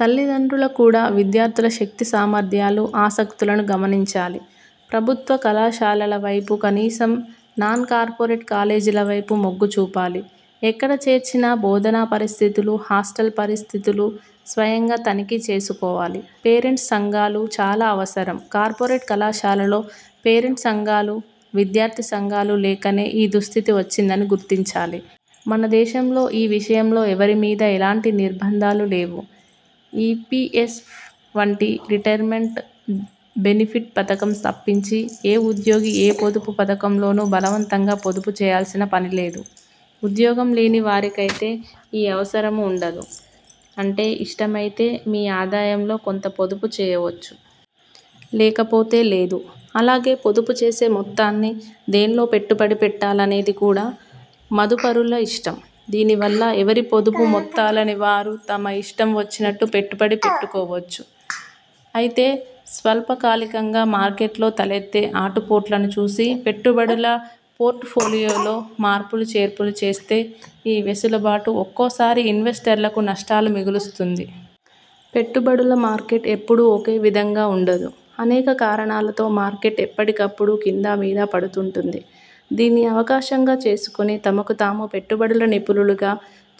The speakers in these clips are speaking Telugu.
తల్లిదండ్రుల కూడా విద్యార్థుల శక్తి సామర్థ్యాలు, ఆసక్తులను గమనించాలి. ప్రభుత్వ, కళాశాలల వైపు, కనీసం నాన్ కార్పొరేట్ కాలేజీల వైపు మొగ్గుచూపాలి. ఎక్కడ చేర్చినా బోధనా పరిస్థితులు, హాస్టల్ పరిస్థితులు స్వయంగా తనిఖీ చేసుకోవాలి. పేరెంట్స్ సంఘాలు చాలా అవసరం. కార్పొరేటు కళాశాలలలో పేరెంట్స్ సంఘాలూ, విద్యార్థి సంఘాలూ లేకనే ఈ దుస్థితి వచ్చిందని గుర్తించాలి. మన దేశంలో ఈ విషయంలో ఎవరి మీదా ఎలాంటి నిర్భంధాలు లేవు. ఇపిఎఫ్ వంటి రిటైర్మెంట్ బెనిఫిట్ పథకం తప్పించి, ఏ ఉద్యోగీ ఏ పొదుపు పథకంలోనూ బలవంతంగా పొదుపు చేయాల్సిన పని లేదు. ఉద్యోగం లేని వారికైతే ఈ అవసరమూ ఉండదు. అంటే ఇష్టమైతే మీ ఆదాయంలో కొంత పొదుపు చేయవచ్చు. లేకపోతే లేదు. అలాగే పొదుపు చేసే మొత్తాన్ని దేన్లో పెట్టుబడి పెట్టాలనేది కూడా మదుపరుల ఇష్టం. దీని వల్ల ఎవరి పొదుపు మొత్తాలని వారు తమ ఇష్టం వచ్చినట్టు పెట్టుబడి పెట్టుకోవచ్చు. అయితే స్వల్పకాలికంగా మార్కెట్లో తలెత్తే ఆటుపోట్లను చూసి పెట్టుబడుల పోర్టుఫోలియోలో మార్పులు చేర్పులు చేస్తే, ఈ వెసులుబాటు ఒక్కోసారి ఇన్వెస్టర్లకు నష్టాలు మిగులుస్తుంది. పెట్టుబడుల మార్కెట్ ఎపుడూ ఒకే విధంగా ఉండదు. అనేక కారణాలతో మార్కెట్ ఎప్పటికపుడు కిందా మీదా పడుతుంటుంది. దీన్ని అవకాశంగా చేసుకుని తమకు తాము పెట్టుబడుల నిపుణులుగా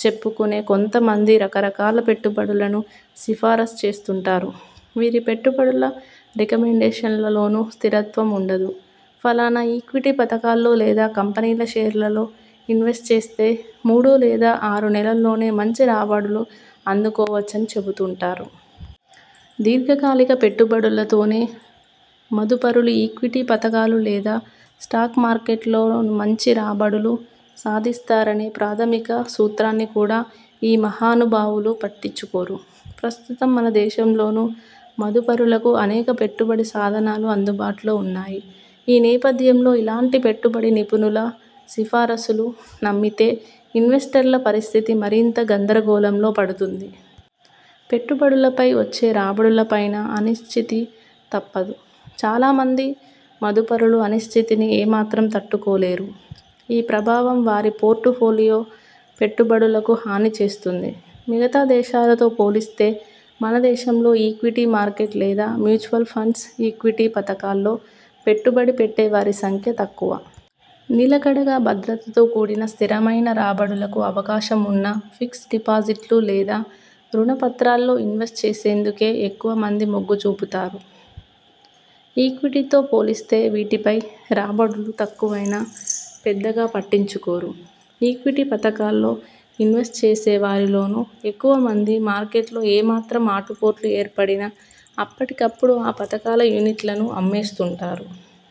చెప్పుకునే కొంత మంది రకరకాల పెట్టుబడులను సిఫారసు చేస్తుంటారు. వీరి పెట్టుబడుల రికమండేషన్లలోనూ స్థిరత్వం ఉండదు. ఫలానా ఈక్విటీ పథకాల్లో లేదా కంపెనీల షేర్లలో ఇన్వెస్ట్ చేస్తే మూడు లేదా ఆరు నెలల్లోనే మంచి రాబడులు అందుకోవచ్చని చెబుతుంటారు. దీర్ఘకాలిక పెట్టుబడులతోనే మదుపరులు ఈక్విటీ పథకాలు లేదా స్టాక్ మార్కెట్లో మంచి రాబడులు సాధిస్తారనే ప్రాథమిక సూత్రాన్ని కూడా ఈ మహానుభావులు పట్టించుకోరు. ప్రస్తుతం మన దేశంలోనూ మదుపరులకు అనేక పెట్టుబడి సాధనాలు అందుబాటులో ఉన్నాయి. ఈ నేపథ్యంలో ఇలాంటి పెట్టుబడి నిపుణుల సిఫారసులు నమ్మితే ఇన్వెస్టర్ల పరిస్థితి మరింత గందరగోళంలో పడుతుంది. పెట్టుబడులపై వచ్చే రాబడులపైనా అనిశ్చితి తప్పదు. చాలా మంది మదుపరులు అనిశ్చితిని ఏ మాత్రం తట్టుకోలేరు. ఈ ప్రభావం వారి పోర్టుఫోలియో పెట్టుబడులకూ హాని చేస్తుంది. మిగతా దేశాలతో పోలిస్తే మన దేశంలో ఈక్విటీ మార్కెట్ లేదా మ్యూచువల్ ఫండ్స్ ఈక్విటీ పథకాల్లో పెట్టుబడి పెట్టే వారి సంఖ్య తక్కువ. నిలకడగా భద్రతతో కూడిన స్థిరమైన రాబడులకు అవకాశం ఉన్న ఫిక్స్డ్ డిపాజిట్లు లేదా రుణ పత్రాల్లో ఇన్వెస్ట్ చేసేందుకే ఎక్కువ మంది మొగ్గు చూపుతారు. ఈక్విటీతో పోలిస్తే వీటిపై రాబడులు తక్కువైనా పెద్దగా పట్టించుకోరు. ఈక్విటీ పథకాల్లో ఇన్వెస్ట్ చేసే వారిలోనూ ఎక్కువ మంది, మార్కెట్లో ఏ మాత్రం ఆటుపోట్లు ఏర్పడినా అప్పటికపుడు ఆ పథకాల యూనిట్లను అమ్మేస్తుంటారు.